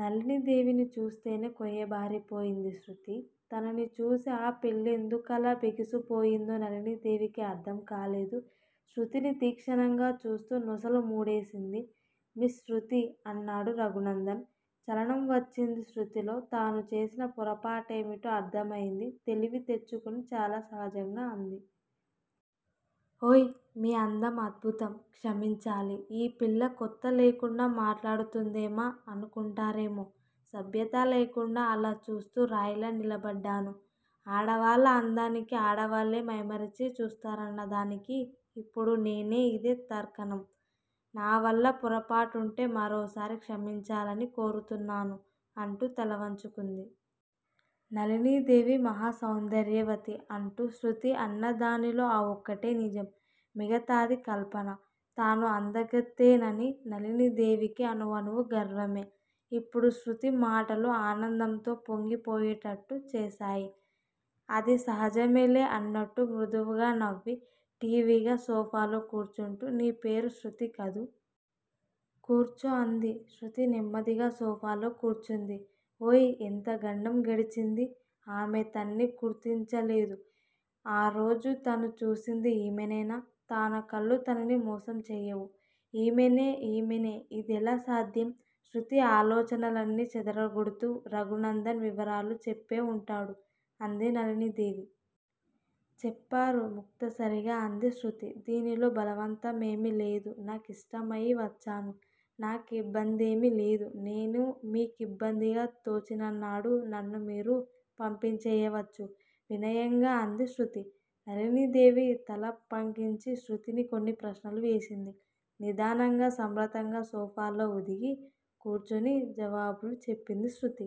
నళినీదేవిని చూస్తూనే కొయ్యబారిపోయింది శృతి. తనని చూసి ఆ పిల్లెందుకలా బిగిసిపోయిందో నళినీదేవికి అర్థం కాలేదు. శృతిని తీక్షణంగా చూస్తూ నొసలు ముడేసింది. మిస్ శృతీ! అన్నాడు రఘునందన్. చలనం వచ్చింది శృతిలో తాను చేసిన పొరపాటేమిటో అర్థమయింది. తెలివి తెచ్చుకొని చాలా సహజంగా అంది. ఓయ్. మీ అందం అద్భుతం, క్షమించాలి. ఈ పిల్ల కొత్త లేకుండా మాట్లాడుతుందేమా అనుకుంటారేమో. సభ్యత లేకుండా అలా చూస్తూ రాయిలా నిలబడ్డాను. ఆడవాళ్ళ అందానికి ఆడవాళ్ళే మైమమరచి చూస్తారన్నదానికి ఇప్పుడు నేనే ఇదే తార్కాణం. నావల్ల పొరపాటుంటే మరోసారి క్షమించాలని కోరుతున్నాను. అంటూ తలవంచుకుంది. నళినీదేవి మహాసౌందర్యవతి అంటూ శృతి అన్నదానిలో ఆ ఒక్కటే నిజం, మిగతాది కల్పన. తను అందగత్తెనని నళినీదేవికి అణువణువూ గర్వమే. ఇప్పుడు శృతి మాటలు ఆనందంతో పొంగి పోయేటట్లు చేశాయి. అది సహజమేలే అన్నట్టు మృదువుగా నవ్వి ఠీవిగా సోఫాలో కూర్చుంటూ నీ పేరు శృతి కదూ! కూర్చో అంది. శృతి నెమ్మదిగా సోఫాలో కూర్చుంది. ఓయ్. ఎంత గండం గడిచింది! ఆమె తన్ని గుర్తించలేదు. ఆరోజు తను చూసింది ఈమెనేనా? తాన కళ్ళు తనని మోసం చెయ్యవు ఈమెనే ఈమెనే ఇదెలా సాధ్యం? శృతి ఆలోచనలన్ని చెదరగొడుతూ రఘునందన్ వివరాలు చెప్పే వుంటాడు, అంది నళినీదేవి. చెప్పారు ముక్తసరిగా అంది శృతి. దీనిలో బలవంతమేమీ లేదు. నా కిష్టమయి వచ్చాను. నా కిబ్బందేమీ లేదు. నేనే మీ కిబ్బందిగా తోచిననాడు నన్ను మీరు పంపించేయవచ్చు, వినయంగా అంది శృతి. నళినీదేవి తల పంకించి శృతిని కొన్ని ప్రశ్నలు వేసింది. నిదానంగా సమ్రతంగా సోఫాలో ఒదిగి కూర్చుని జవాబులు చెప్పింది శృతి.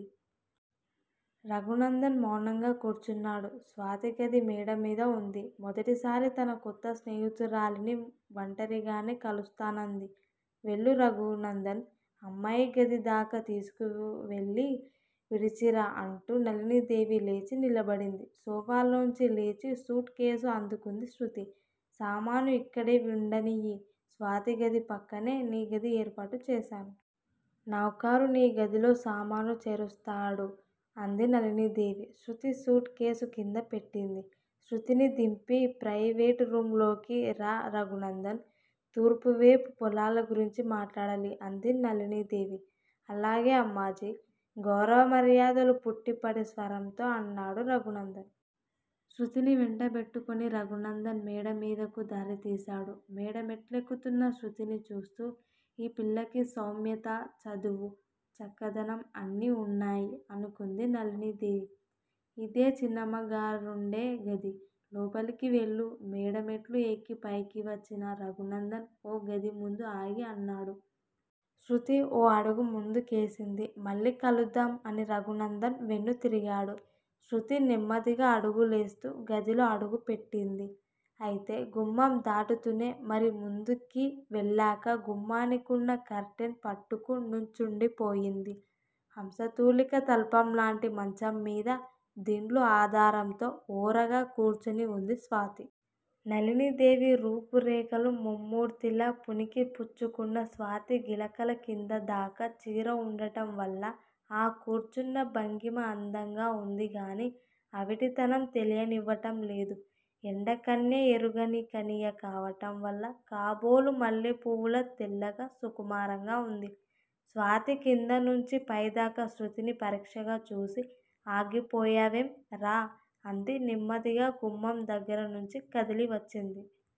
రఘునందన్ మౌనంగా కూర్చున్నాడు. స్వాతిగది మేడమీద వుంది. మొదటిసారి తన కొత్త స్నేహితురాలిని వంటరిగానే కలుస్తానంది, వెళ్ళు రఘు నందన్! అమ్మాయి గదిదాకా తీసుకువెళ్ళి విడిచిరా అంటూ నళినీదేవి లేచి నిలబడింది. సోఫాలోంచి లేచి సూట్ కేసు అందుకుంది శృతి. సామాను ఇక్కడే వుండనియ్యి. స్వాతిగది పక్కనే నీ గది ఏర్పాటు చేశాను. నౌకారు నీ గదిలో సామాను చేరుస్తాడు అంది నళినీదేవి. శృతి సూట్ కేసు కింద పెట్టింది. శృతిని దింపి ప్రయివేట్ రూమ్ లోకి ర రఘునందన్! తూర్పువేపు పొలాల గురించి మాట్లాడాలి అంది నళినీదేవి. అలాగే అమ్మాజీ! గౌరవ మర్యాదలు పుట్టిపడే స్వరంతో అన్నాడు రఘునందన్. శృతిని వెంటబెట్టుకుని రఘునందన్ మేడమీదకు దారి తీశాడు. మేడమెట్లెక్కుతున్న శృతిని చూస్తూ ఈ పిల్లకి సౌమ్యత, చదువు. చక్కదనం అన్నీ వున్నాయి అనుకుంది నళినీదేవి. ఇదే చిన్నమ్మగారుండే గది. లోపలికి వెళ్ళు మేడ మెట్లు ఎక్కి పైకి వచ్చిన రఘునందన్ ఓగది ముందు ఆగి అన్నాడు. శృతి ఓ అడుగు ముందు కేసింది. మళ్ళీ కలుద్దాం. అని రఘునందన్ వెన్నుతిరిగాడు. శృతి నెమ్మదిగా అడుగులేస్తూ గదిలో అడుగుపెట్టింది. అయితే గుమ్మం దాటుతూనే మరి ముందుకి వెళ్ళక గుమ్మానికున్న కర్టెన్ పట్టుకు నుంచుండిపోయింది. హంసతూలిక తల్పంలాంటి మంచంమీద దిండ్లు ఆధారంతో ఓరగా కూర్చుని వుంది స్వాతి. నళినీ దేవి రూపురేఖలు ముమ్మూర్తులా పుణికి పుచ్చుకున్న స్వాతి గిలకల కిందదాకా చీర వుండటంవల్ల ఆ కూర్చున్న భంగిమ అందంగా వుందిగాని అవిటితనం తెలియనివ్వటంలేదు. ఎండకన్నె ఎరుగనికన్నియ కావటంవల్ల కాబోలు మల్లెపువ్వులా తెల్లగా సుకుమారంగా వుంది. స్వాతి కిందనుంచీ పైదాకా శృతిని పరీక్షగా చూసి ఆగిపోయావేం, రా! అంది. నెమ్మదిగా గుమ్మం దగ్గరనుంచి కదిలివచ్చింది